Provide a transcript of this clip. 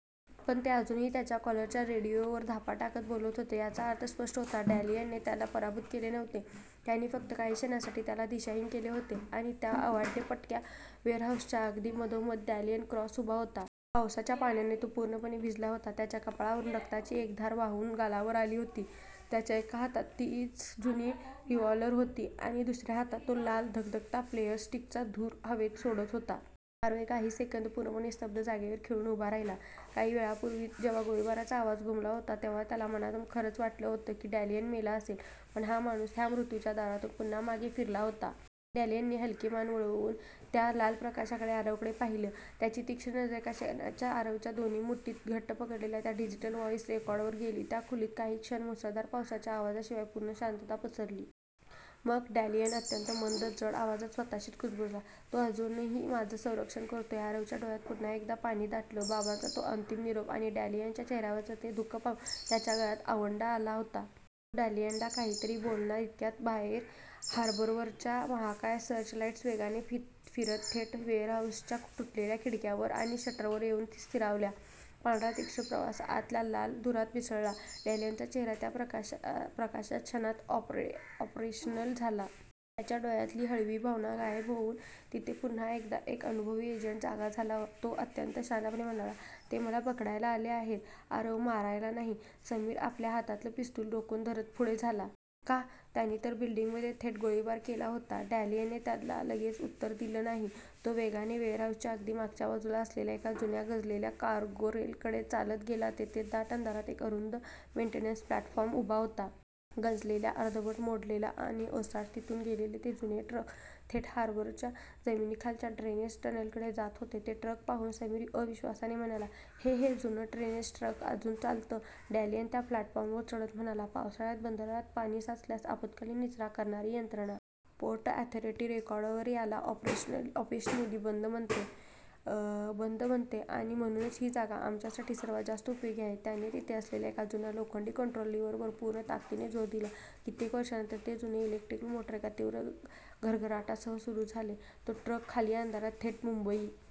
पण ते अजूनही त्यांच्या कॉलरच्या रेडिओवर धापा टाकत बोलत होते. याचा अर्थ स्पष्ट होता: डॅनियलने त्यांना पराभूत केले नव्हते. त्याने फक्त काही क्षणांसाठी त्यांना दिशाहीन केले होते. आणि त्या अवाढव्य, पडक्या वेअरहाऊसच्या अगदी मधोमध, डॅनियल क्रॉस उभा होता. पावसाच्या पाण्याने तो पूर्णपणे भिजला होता. त्याच्या कपाळावरून रक्ताची एक धार वाहून गालावर आली होती. त्याच्या एका हातात तीच जुनी रिव्हॉल्वर होती. आणि दुसऱ्या हातातून तो लाल, धगधगता फ्लेअर स्टिकचा धूर हवेत सोडत होता. आरव काही सेकंद पूर्णपणे स्तब्ध, जागेवर खिळून उभा राहिला. काही वेळापूर्वी जेव्हा गोळीबाराचा आवाज घुमला होता, तेव्हा त्याला मनातून खरंच वाटलं होतं की डॅनियल मेला असेल. पण हा माणूस... हा मृत्यूच्या दारातून पुन्हा मागे फिरला होता. डॅनियलने हलकी मान वळवून त्या लाल प्रकाशात आरवकडे पाहिले. त्याची तीक्ष्ण नजर एका क्षणात आरवच्या दोन्ही मुठींत घट्ट पकडलेल्या त्या डिजिटल व्हाईस रेकॉर्डरवर गेली. त्या खोलीत काही क्षण मुसळधार पावसाच्या आवाजाशिवाय पूर्ण शांतता पसरली. मग... डॅनियल अत्यंत मंद, जड आवाजात स्वतःशीच कुजबुजला, "तो अजूनही, माझं संरक्षण करतोय. " आरवच्या डोळ्यांत पुन्हा एकदा पाणी दाटलं. बाबांचा तो अंतिम निरोप आणि डॅनियलच्या चेहऱ्यावरचं ते दुःख पाहून त्याच्या गळ्यात आवंढा आला होता. तो डॅनियलला काहीतरी बोलणार, इतक्यात बाहेर हार्बरवरच्या महाकाय सर्चलाईट्स वेगाने फिरत थेट वेअरहाऊसच्या तुटलेल्या खिडक्यांवर आणि शटरवर येऊन स्थिरावल्या. पांढरा तीक्ष्ण प्रकाश आतल्या लाल धुरात मिसळला. डॅनियलचा चेहरा त्या प्रकाशात क्षणात 'ऑपरेशनल' झाला. त्याच्या डोळ्यांतली हळवी भावना गायब होऊन तिथे पुन्हा एकदा एक अनुभवी एजंट जागा झाला. तो अत्यंत शांतपणे म्हणाला, "ते मला पकडायला आले आहेत, आरव, मारायला नाही. " समीर आपल्या हातातलं पिस्तूल रोखून धरत पुढे झाला. "का? त्यांनी तर बिल्डिंगमध्ये थेट गोळीबार केला होता! " डॅनियलने त्याला लगेच उत्तर दिलं नाही. तो वेगाने वेअरहाऊसच्या अगदी मागच्या बाजूला असलेल्या एका जुन्या, गंजलेल्या 'कार्गो रेल' कडे चालत गेला. तिथे दाट अंधारात एक अरुंद मेंटेनन्स प्लॅटफॉर्म उभा होता. गंजलेला, अर्धवट मोडलेला आणि ओसाड. तिथून गेलेले ते जुने ट्रॅक थेट हार्बरच्या जमिनीखालच्या ड्रेनेज टनेलकडे जात होते. ते ट्रॅक पाहून समीर अविश्वासाने म्हणाला, "हे... हे जुनं ड्रेनेज ट्रॅक अजून चालतं? " डॅनियल त्या प्लॅटफॉर्मवर चढत म्हणाला, " पावसाळ्यात बंदरात पाणी साचल्यास आपत्कालीन निचरा करणारी यंत्रणा. पोर्ट ऑथॉरिटी रेकॉर्डवर याला ऑफिशियली बंद म्हणते, आणि म्हणूनच ही जागा आमच्यासाठी सर्वात जास्त उपयोगी आहे. " त्याने तिथे असलेल्या एका जुन्या, लोखंडी कंट्रोल लिव्हरवर पूर्ण ताकदीने जोर दिला. कित्येक वर्षांनंतर ते जुने इलेक्ट्रिक मोटर एका तीव्र घरघराटासह सुरू झाले. तो ट्रॅक खाली अंधारात, थेट मुंबई--